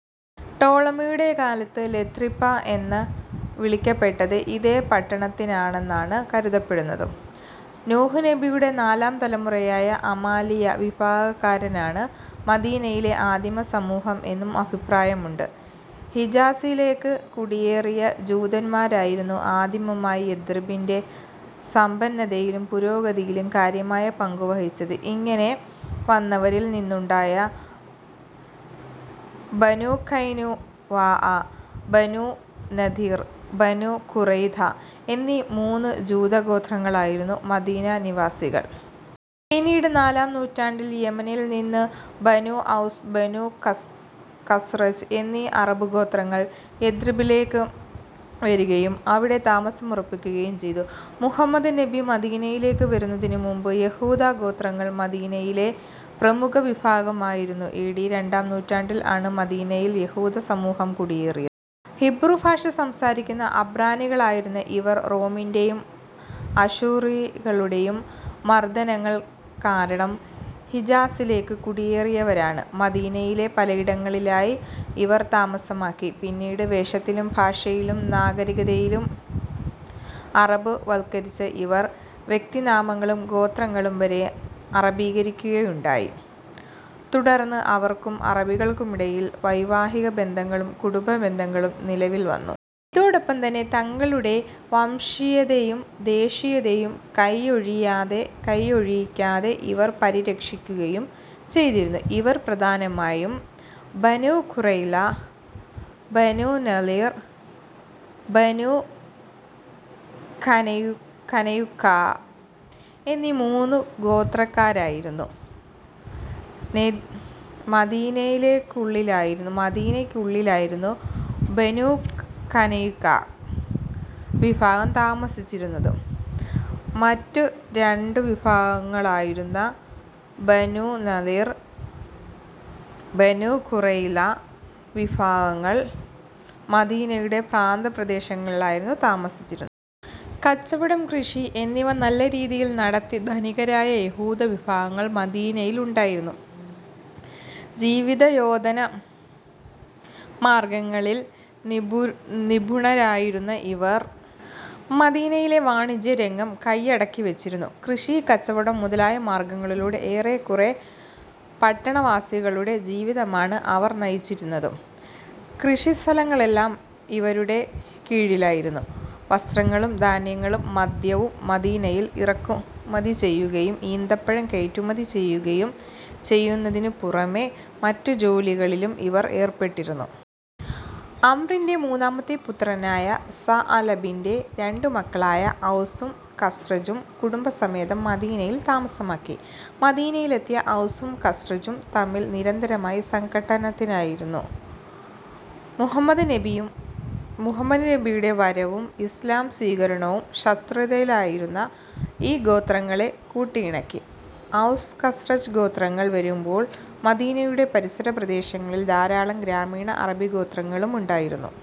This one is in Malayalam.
ടോളമിയുടെ കാലത്ത് ലഥ്രിപ്പ എന്ന് വിളിക്കപ്പെട്ടത് ഇതേ പട്ടണത്തിനാണെന്നാണ് കരുതപ്പെടുന്നു. നൂഹ് നബിയുടെ നാലാം തലമുറയായ അമാലിയ വിഭാഗക്കാരാണ് മദീനയിലെ ആദിമ സമൂഹം എന്നും അഭിപ്രായമുണ്ട്. ഹിജാസിലേക്ക് കുടിയേറിയ ജൂതൻമാരായിരുന്നു ആദിമമായി യഥ്രിബിന്റെ സമ്പന്നതയിലും പുരോഗതിയിലും കാര്യമായ പങ്കുവഹിച്ചത്. ഇങ്ങനെ വന്നവരിൽ നിന്നുണ്ടായ ബനൂഖൈനുവാഅ, ബനൂ നദീർ, ബനൂ ഖുറൈദ എന്നീ മൂന്ന് ജൂത ഗോത്രങ്ങളായിരുന്നു മദീനാവാസികൾ. പിന്നീട് നാലാം നൂറ്റാണ്ടിൽ യെമനിൽ നിന്ന് ബനൂ ഔസ്, ബനൂ ഖസ്റജ് എന്നീ അറബ് ഗോത്രങ്ങൾ യഥ്രിബിലേക്ക് വരുകയും അവിടെ താമസമുറപ്പിക്കുകയും ചെയ്തു. മുഹമ്മദ് നബി മദീനയിലേക്ക് വരുന്നതിനു മുമ്പ് യഹൂദ ഗോത്രങ്ങൾ മദീനയിലെ പ്രമുഖ വിഭാഗമായിരുന്നു. എ. ഡി രണ്ടാം നൂറ്റാണ്ടിൽ ആണ് മദീനയിൽ യഹൂദസമൂഹം കുടിയേറിയത്. ഹീബ്രു ഭാഷ സംസാരിക്കുന്ന അബ്റാനികളായിരുന്ന ഇവർ റോമിന്റേയും അശൂറികളുടെയും മർദനങ്ങൾ കാരണം ഹിജാസിലേക്ക് കുടിയേറിയവരാണ്. മദീനയിലെ പലയിടങ്ങളിലായി ഇവർ താമസമാക്കി. പിന്നീട് വേഷത്തിലും ഭാഷയിലും നാഗരികതയിലും അറബ് വത്കരിച്ച ഇവർ വ്യക്തിനാമങ്ങളും ഗോത്രങ്ങളും വരെ അറബീകരിക്കുകയുണ്ടായി. തുടർന്ന് അവർക്കും അറബികൾക്കുമിടയിൽ വൈവാഹിക ബന്ധങ്ങളും കുടുംബ ബന്ധങ്ങളും നിലവിൽവന്നു. ഇതോടൊപ്പം തന്നെ തങ്ങളുടെ വംശീയതയും ദേശീയതയും കൈയൊഴിയാതെ കയ്യൊഴിക്കാതെ ഇവർ പരിരക്ഷിക്കുകയും ചെയ്തിരുന്നു. ഇവർ പ്രധാനമായും ബനൂ ഖുറൈള, ബനൂ നളീർ, ബനൂ ഖനയുഖാഖൈനുഖാഅ എന്നീ മൂന്ന് ഗോത്രക്കാരായിരുന്നു. മദീനക്കുള്ളിലായിരുന്നു ബനൂ ഖൈനുഖാഅ് വിഭാഗം താമസിച്ചിരുന്നത്. മറ്റു രണ്ടു വിഭാഗങ്ങളായിരുന്ന ബനൂനളിർ, ബനൂഖുറൈള വിഭാഗങ്ങൾ മദീനയുടെ പ്രാന്തപ്രദേശങ്ങളിലായിരുന്നു താമസിച്ചിരുന്നത്. കച്ചവടം, കൃഷി എന്നിവ നല്ല രീതിയിൽ നടത്തി ധനികരായ യഹൂദ വിഭാഗങ്ങൾ മദീനയിലുണ്ടായിരുന്നു. ജീവിതയോധന മാർഗങ്ങളിൽ നിപംനിപുണരായിരുന്ന ഇവർ മദീനയിലെ വാണിജ്യരംഗം കയ്യടക്കിവെച്ചിരുന്നു. കൃഷി, കച്ചവടം മുതലായ മാർഗങ്ങളിലൂടെ ഏറെക്കുറെ പട്ടണവാസികളുടെ ജീവിതമാണ് അവർ നയിച്ചിരുന്നത്. കൃഷിസ്ഥലങ്ങളെല്ലാം ഇവരുടെ കീഴിലായിരുന്നു. വസ്ത്രങ്ങളും ധാന്യങ്ങളും മദ്യവും മദീനയിൽ ഇറക്കുമതിചെയ്യുകയും ഈന്തപ്പഴം കയറ്റുമതി ചെയ്യുകയും ചെയ്യുന്നതിന് പുറമെ മറ്റു ജോലികളിലും ഇവർ ഏർപ്പെട്ടിരുന്നു. അംറിന്റെ മൂന്നാമത്തെ പുത്രനായ സഅലബത്തിന്റെ രണ്ടുമക്കളായ ഔസും ഖസ്റജും കുടുംബസമേതം മദീനയിൽ താമസമാക്കി.. മദീനയിലെത്തിയ ഔസും ഖസ്റജും തമ്മിൽ നിരന്തരമായി സംഘട്ടനത്തിലായിരുന്നു. മുഹമ്മദ് നബിയുടെ വരവും ഇസ്ലാം സ്വീകരണവും ശത്രുതയിലായിരുന്ന ഈ ഗോത്രങ്ങളെ കൂട്ടിയിണക്കി. ഔസ്-ഖസ്റജ് ഗോത്രങ്ങൾ വരുമ്പോൾ മദീനയുടെ പരിസര പ്രദേശങ്ങളിൽ ധാരാളം ഗ്രാമീണ അറബി ഗോത്രങ്ങളുമുണ്ടായിരുന്നു.